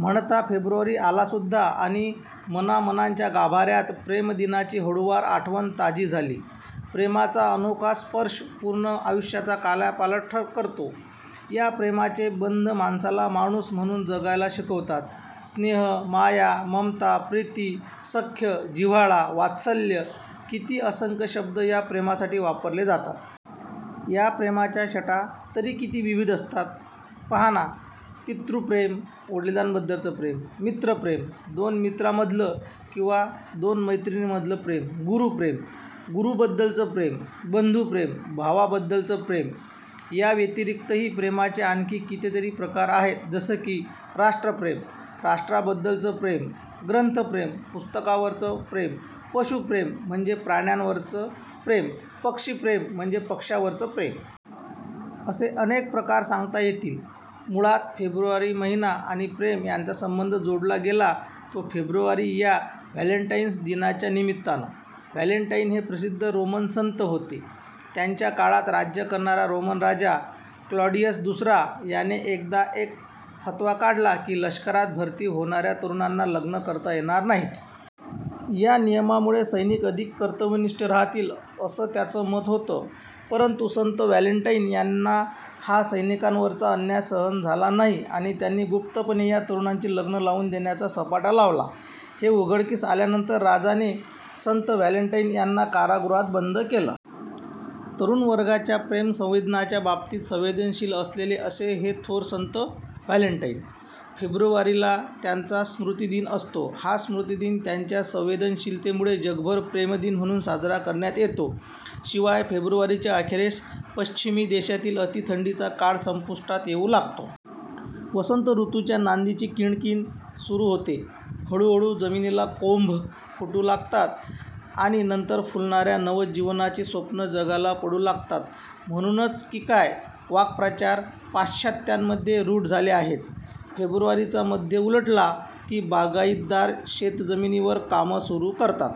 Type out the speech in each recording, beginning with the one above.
म्हणता, फेब्रुवारी आलासुध्दा आणि मनामनांच्या गाभाऱ्यात प्रेमदिनाची हळूवार आठवण ताजी झाली. प्रेमाचा अनोखा स्पर्श पूर्ण आयुष्याचा कायापालट करतो. या प्रेमाचे बंध माणसाला माणूस म्हणून जगायला शिकवतात. स्नेह, माया, ममता, प्रीती, सख्य, जिव्हाळा, वात्सल्य, किती असंख्य शब्द या प्रेमासाठी वापरले जातात. या प्रेमाच्या छटा तरी किती विविध असतात, पहाना! पितृप्रेम – वडिलांबद्दलचं प्रेम, मित्रप्रेम – दोन मित्रांमधलं किंवा दोन मैत्रिणींमधलं प्रेम, गुरूप्रेम – गुरूंबद्दलचं प्रेम, बंधुप्रेम – भावाबद्दलचं प्रेम, याव्यतिरिक्तही प्रेमाचे आणखी कितीतरी प्रकार आहेत, जसं की राष्ट्रप्रेम – राष्ट्राबद्दलचं प्रेम, ग्रंथप्रेम – पुस्तकांवरचं प्रेम, पशुप्रेम म्हणजे प्राण्यांवरचं प्रेम, पक्षीप्रेम म्हणजे पक्षांवरचं प्रेम. असे अनेक प्रकार सांगता येतील. मुळात फेब्रुवारी महिना आणि प्रेम यांचा संबंध जोडला गेला तो फेब्रुवारी या व्हॅलेन्टाइन्स दिनाच्या निमित्तान. व्हॅलेन्टाइन हे प्रसिध्द रोमन संत होते. त्यांच्या काळात राज्य करणारा रोमन राजा ''क्लॉडिअस दुसरा'' याने एकदा एक फतवा काढला की लष्करात भरती होणाऱ्या तरुणांना लग्न करता येणार नाहीत. या नियमामुळे सैनिक अधिक कर्तव्यनिष्ठ राहतील, असं त्याचं मत होतं. परंतु संत व्हॅलेन्टाइन यांना हा सैनिकांवरचा अन्याय सहन झाला नाही आणि त्यांनी गुप्तपणे या तरुणांची लग्न लावून देण्याचा सपाटा लावला. हे उघडकीस आल्यावर राजाने संत व्हॅलेन्टाइन यांना कारागृहात बंद केलं. तरुणवर्गाच्या प्रेमसंवेदनांच्या बाबतीत संवेदनशील असलेले असे हे थोर संत – व्हॅलेन्टाइन. फेब्रुवारीला त्यांचा स्मृतिदिन असतो. हा स्मृतिदिन त्यांच्या संवेदनशीलतेमुळे जगभर प्रेमदिन म्हणून साजरा करण्यात येतो. शिवाय फेब्रुवारीच्या अखेरीस पश्चिमी देशातला अतिथंडीचा काळ संपुष्टात येऊ लागतो. वसंत ऋतूच्या नांदीची कीणकीण सुरू होते. हळुहळू जमिनीला कोंभ फुटू लागतात आणि नंतर फुलणाऱ्या नवजीवनाची स्वप्नं जगाला पडू लागतात. म्हणूनच की काय, ' वाक्प्रचार पाश्चात्यांमध्ये रुढ झाले आहेत. फेब्रुवारीचा मध्य उलटला की बागाईतदार शेतजमिनींवर कामं सुरू करतात.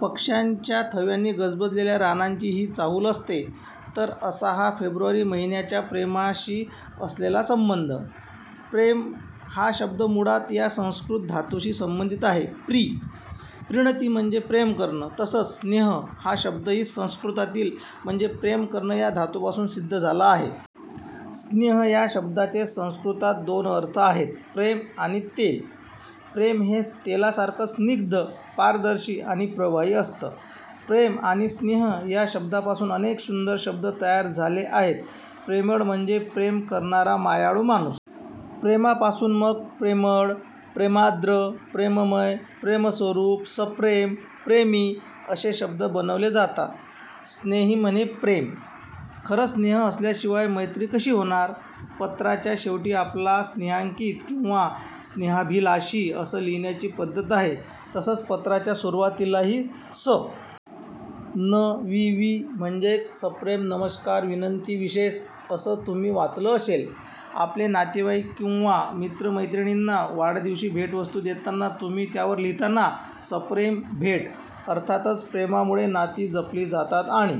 पक्षांच्या थव्यांनी गजबजलेल्या रानांची ही चाहूल असते. तर असा हा फेब्रुवारी महिन्याचा प्रेमाशी असलेला संबंध. प्रेम हा शब्द मुळात या संस्कृत धातूशी संबंधित आहे. प्री – प्रीणति म्हणजे प्रेम करणं. तसंच स्नेह हा शब्दही संस्कृतातील म्हणजे प्रेम करणं या धातूपासून सिध्द झाला आहे. स्नेह या शब्दाचे संस्कृतात दोन अर्थ आहेत. प्रेम आणि तेल. प्रेम हे तेलासारखं स्निग्ध, पारदर्शी आणि प्रवाही असतं. प्रेम आणि स्नेह या शब्दांपासून अनेक सुंदर शब्द तयार झाले आहेत. प्रेमळ म्हणजे प्रेम करणारा मायाळू माणूस. प्रेमपासून मग प्रेमळ, प्रेमार्द्र, प्रेममय, प्रेमस्वरुप, सप्रेम, प्रेमी असे शब्द बनवले जातात. स्नेही म्हणे मित्र. खरंच स्नेह असल्याशिवाय मैत्री कशी होणार? पत्राच्या शेवटी आपला स्नेहांकित किंवा स्नेहाभिलाषि असं लिहिण्याची पध्दत आहे. तसंच पत्राच्या सुरुवातीलाही स. न. वि. वि. म्हणजेच सप्रेम नमस्कार विनंती विशेष असं तुम्ही वाचलं असेल. आपले नातेवाईक किंवा मित्र-मैत्रिणींना वाढदिवशी भेटवस्तू देताना तुम्ही त्यावर लिहिता ना, सप्रेम भेट! अर्थातच प्रेमामुळे नाती जपली जातात आणि